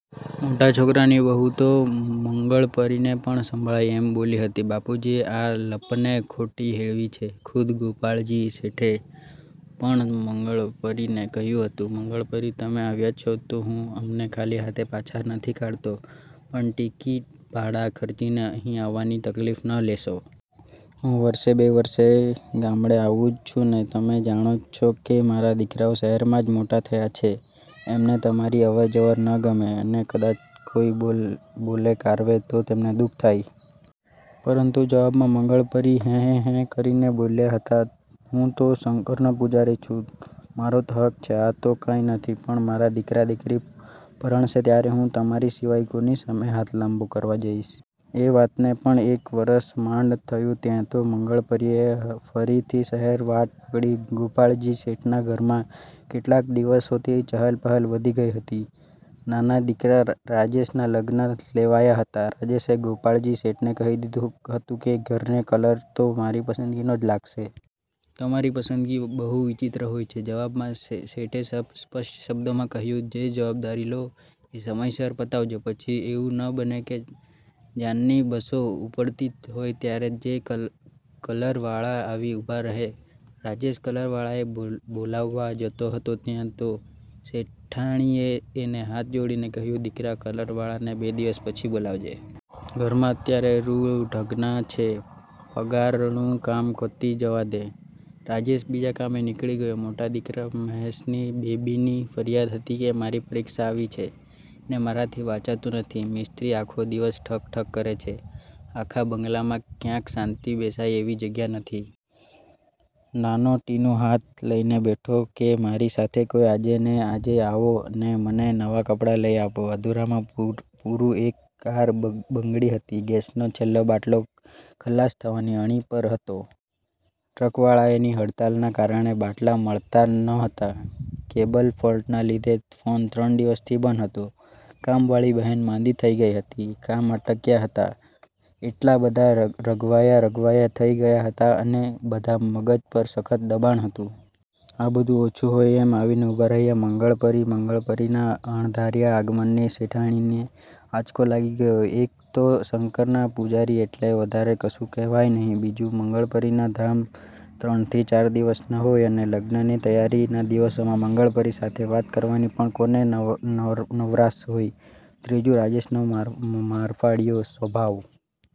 મોટા છોકરાની વહુ તો મંગળપરીને પણ સંભળાય એમ બોલી હતી, "બાપુજીએ આ લપને ખોટી હેળવી છે." ખુદ ગોપાળજી શેઠે પણ મંગળપરીને કહ્યું હતું, "મંગળપરી, તમે આવ્યા છો તો હું તમને ખાલી હાથે પાછા નથી કાઢતો, પણ ટિકિટભાડાં ખર્ચીને અહીં આવવાની તકલીફ ન લેશો. હું વરસે, બે વરસે ગામડે આવું જ છુંને? તમે જાણો જ છો કે મારા દીકરાઓ શહેરમાં જ મોટા થયા છે. એમને તમારી અવરજવર ન ગમે અને કદાચ કોઈ બોલે કારવે તો તમને દુઃખ થાય." પરંતુ જવાબમાં મંગળપરી હેં-હેં-હેં કરીને બોલ્યા હતા,"હું તો શંકરનો પૂજારી છું. મારો તો હક છે. આ તો કાંઈ નથી, પણ મારા દીકરા-દીકરી પરણશે ત્યારે હું તમાંરી સિવાય કોની સામે હાથ લાંબો કરવા જાઈશ?" એ વાતને પણ એક વરસ માંડ થયું ત્યાં તો મંગળપરીએ ફરીથી શહેરની વાટ પકડી. ગોપાળજી શેઠના ઘરમાં કેટલાક દિવસોથી ચહલ-પહલ વધી ગઈ હતી. નાના દીકરા રાજેશનાં લગ્ન લેવાયાં હતાં. રાજેશે ગોપાળજી શેઠને કહી દીધું હતું કે, "ઘરને કલર તો મારી પસંદગીનો જ લાગશે. તમારી પસંદગી બહુ વિચિત્ર હોય છે." જવાબમાં શેઠે સ્પષ્ટ શબ્દોમાં કહ્યું હતું,"જે જવાબદારી લો એ સમયસર પતાવજો. પછી એવું ન બને કે જાનની બસો ઉપડતી હોય ત્યારે જ કલરવાળા આવીને ઊભા રહે." રાજેશ કલરવાળાને બોલાવવા જતો હતો ત્યાં તો શેઠાણીએ એને હાથ જોડીને કહ્યું,"દીકરા, કલરવાળાને બે દિવસ પછી બોલાવજે. ઘરમાં અત્યારે રૂ ના ઢગલા છે. પાગરણનું કામ પતી જવા દે." રાજેશ બીજા કામે નીકળી ગયો. મોટા દીકરા મહેશની બેબીની ફરિયાદ હતી કે "મારી પરીક્ષા આવી છે ને મારાથી વંચાતું નથી, મિસ્ત્રી આખો દિવસ ઠક-ઠક કરે છે, આખા બંગલામાં ક્યાંય શાંતિથી બેસાય એવી જગ્યા નથી." નાનો ટીનું હાથ લઈને બેઠો હતો કે,"મારી સાથે કોઈ આજે ને આજે આવો ને મને નવાં કપડાં લઈ આપો." અધૂરામાં પૂરું એક કાર બગડી હતી. ગેસનો છેલ્લો બાટલો ખલાસ થવાની અણી પર હતો. ટ્રકવાળાઓની હડતાલના કારણે બાટલા મળતા નહોતા. કેબલફૉલ્ટના લીધે ફોન ત્રણ દિવસથી બંધ હતો. કામવાળી બહેન માંદી થઈ ગઈ હતી. કામ અટક્યાં હતાં એટલે બધાં રઘવાયાં-રઘવાયાં થઈ ગયાં હતાં, અને બધાનાં મગજ પર સખત દબાણ હતું. આ બધું ઓછું હોય એમ આવીને ઊભા રહ્યા મંગળપરી. મંગળપરીના અણધાર્યા આગમનથી શેઠાણીને આંચકો લાગી ગયો. એક તો શંકરના પૂજારી એટલે વધારે કશું કહેવાય નહિ. બીજું, મંગળપરીના ધામા ત્રણથી ચાર દિવસના હોય અને લગ્નની તૈયારીના દિવસોમાં મંગળપરી સાથે વાત કરવાની પણ કોને નવરાશ હોય? ત્રીજું, રાજેશનો મારફાડિયો સ્વભાવ.